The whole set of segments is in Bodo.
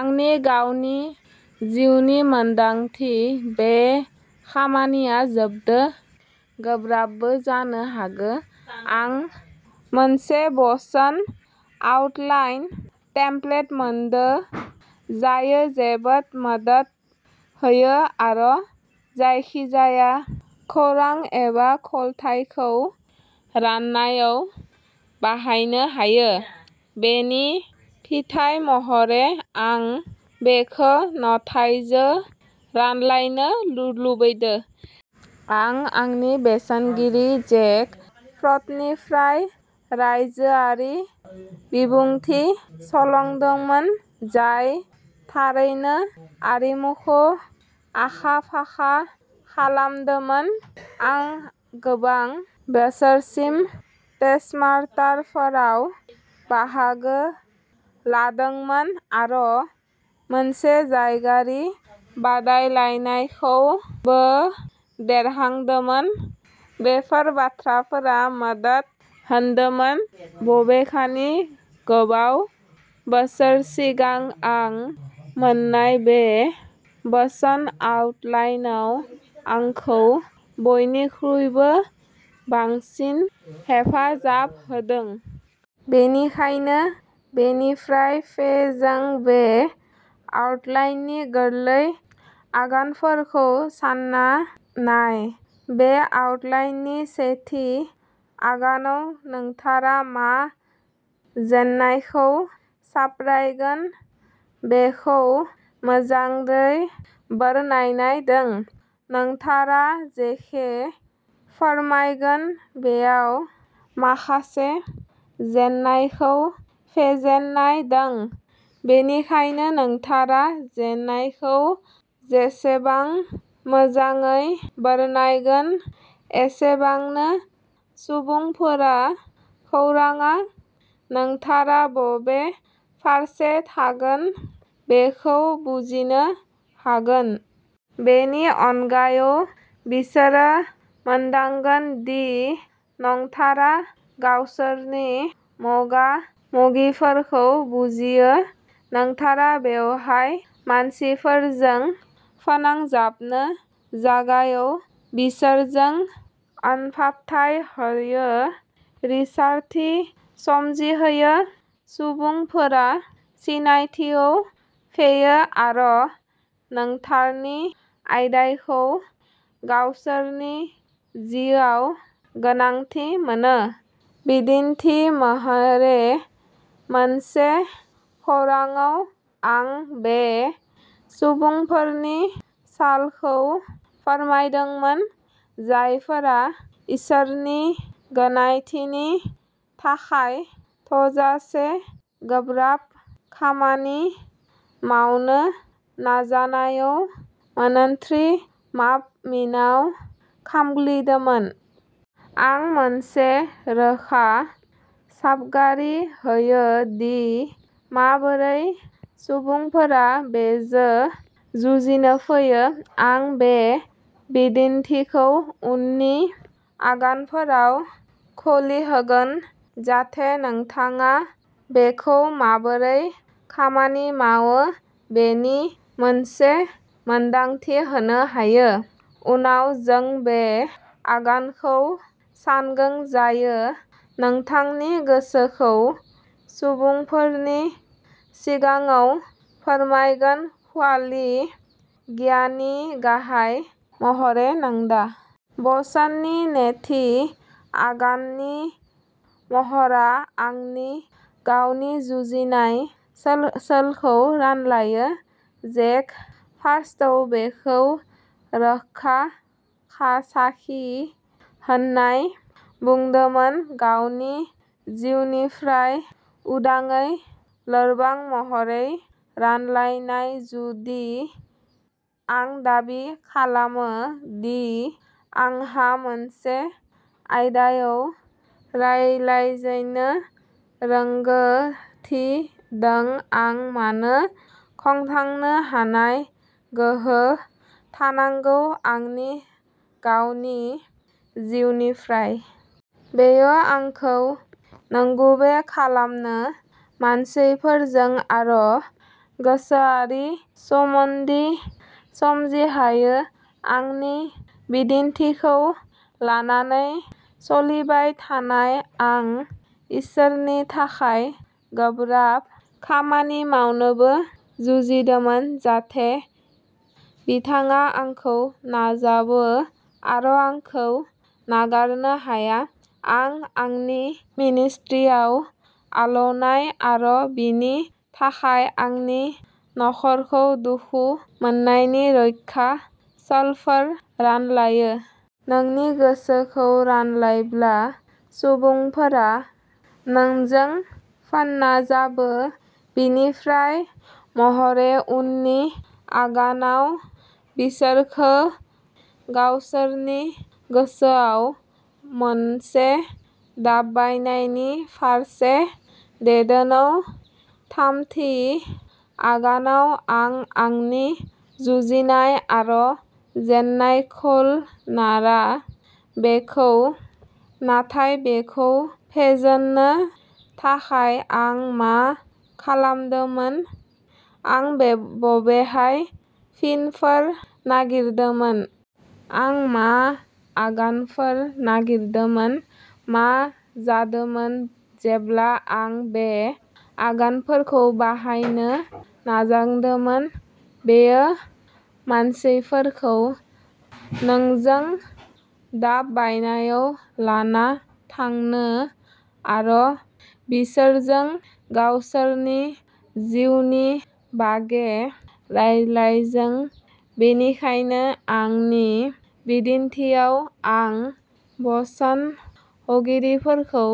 आंनि गावनि जिउनि मोन्दांथि। बे खामानिया जोबोद गोब्राब जानो हागौ। आं मोनसे बोसोन आउटलाइन टेमप्लेट मोनदों जाय जोबोद मदद होयो आरो जायखिजाया खौरां एबा सोलोंथायखौ राननायाव बाहायनो हायो। बेनि फिथाइ महरै, आं बेखौ नोंथांजों रानलायनो लुबैदों। आं आंनि बोसोनगिरि जेक फ्रस्टनिफ्राय रायजोआरि बिबुंथि सोलोंदोंमोन, जाय थारैनो आरिमुखौ आखा फाखा खालामदोंमोन। आं गोबां बोसोरसिम टस्टमास्टारफोराव बाहागो लादोंमोन आरो मोनसे जायगायारि बादायलायनायखौबो देरहादोंमोन। बेफोर बाथ्राफोरा मदद होदोंमोन बबेखानि गोबां बोसोर सिगां आं मोन्नाय बे बोसोन आउटलाइनआ आंखौ बयनिख्रुइबो बांसिन हेफाजाब होदों। बेनिखायनो बेनिफ्राय फै जों बे आउटलाइननि गोरलै आगानफोरखौ सानना नाय। बे आउटलाइननि सेथि आगानाव नोंथाङा मा जेंनाखौ सावरायगोन बेखौ मोजाङै बरनायनाय दं। नोंथाङा जेखि फोरमायगोन बेयाव माखासे जेंनाखौ फेजेननाय दं। बेनिखायनो, नोंथाङा जेंनाखौ जेसेबां मोजाङै बरनायगोन एसेबांनो सुबुंफोरा खौरांआव नोंथाङा बबे फारसे थांगोन बेखौ बुजिनो हागोन। बेनि अनगायैबो बिसोरो मोनदांगोन दि नोंथाङा गावसोरनि मोगा मोगिफोरखौ बुजियो। नोंथाङा बेवहाय मानसिफोरजों फोनांजाबनो जागायो बिसोरजों अनफावथाय होयो रिंसारथि सोमजिहोयो। सुबुंफोरा सिनायथियाव फैयो आरो नोंथांनि आयदाखौ गावसोरनि जिउआव गोनांथि मोनो। बिदिन्थि महरै मोनसे खौरांआव आं बै सुबुंफोरनि सल'खौ फोरमायदोंमोन जायफोरा इसोरनि गनायथिनि थाखाय थोजासे गोब्राब खामानि मावनो नाजानायाव मन्थ्रि मावमिनाव खामग्लिदोंमोन। आं मोनसे रोखा सावगारि होयो दि माबोरै सुबुंफोरा बेजों जुजिनो फैयो। आं बे बिदिन्थिखौ उननि आगानफोराव सोलिहोगोन, जाहाथे नोंथाङा बेखौ माबोरै खामानि मावो बेनि मोनसे मोनदांथि होनो हायो। उनाव जों बै आगानखौ सानगोन जाय नोंथांनि गोसोखौ सुबुंफोरनि सिगाङाव फोरमायगोन खालि गियाननि गाहाय महरै नङा। बोसोननि नैथि आगाननि महरआ आंनि गावनि जुजिनाय सल'खौ रानलायो। जेक फ्रस्टआ बेखौ रोखा साखि होनाय बुंदोंमोन गावनि जिउनिफ्राय उदाङै लोरबां महरै रानलायनाय। जुदि आं दाबि खालामो दि आंहा मोनसे आयदायाव रायज्लायनो रोंग'थि दं आं मानो खोन्थानो हानाय गोहो थानांगौ आंनि गावनि जिउनिफ्राय। बेयो आंखौ नंगुबै खालामो। मानसिफोरजों आरो गोसोआरि सोमोन्दो सोमजिहोयो। आंनि बिदिन्थिखौ लानानै सोलिबाय थानाय आं इसोरनि थाखाय गोब्राब खामानि मावनोबो जुजिदोंमोन जाहाथे बिथाङा आंखौ नाजावो आरो आंखौ नागारनो हाया। आं आंनि मिनिस्ट्रियाव आलौनाय आरो बिनि थाखाय आंनि नखरखौ दुखु मोन्नायनि रोखा सल'फोर रानलायो। नोंनि गोसोखौ रानलायोब्ला सुबुंफोरा नोंजों फोनांजाबो। बिनि फिथाइ महरै उननि आगानआ बिसोरखौ गावसोरनि गोसोयाव मोनसे दावबायनायनि फारसे दैदेनो। थामथि आगानाव आं आंनि जुजिनाय आरो जेंनाखौल'नङा नाथाय बेखौ फेजेननो थाखाय आं मा खालामदोंमोन। आं बबेहाय फिनफोर नागिरदोंमोन? आं मा आगानफोर नागिरदोंमोन? मा जादोंमोन जेब्ला आं बै आगानफोरखौ बाहायनो नाजादोंमोन? बेयो मानसिफोरखौ नोंजों दावबायनायाव लाना थाङो आरो बिसोरजों गावसोरनि जिउनि बागै रायज्लायो। बेनिखायनो आंनि बिदिन्थिआव आं बोसोन होगिरिफोरखौ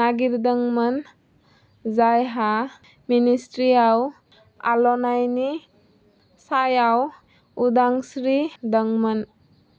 नागिरदोंमोन जायहा मिनिस्ट्रियाव आलौनायनि सायाव उदांस्रि दंमोन।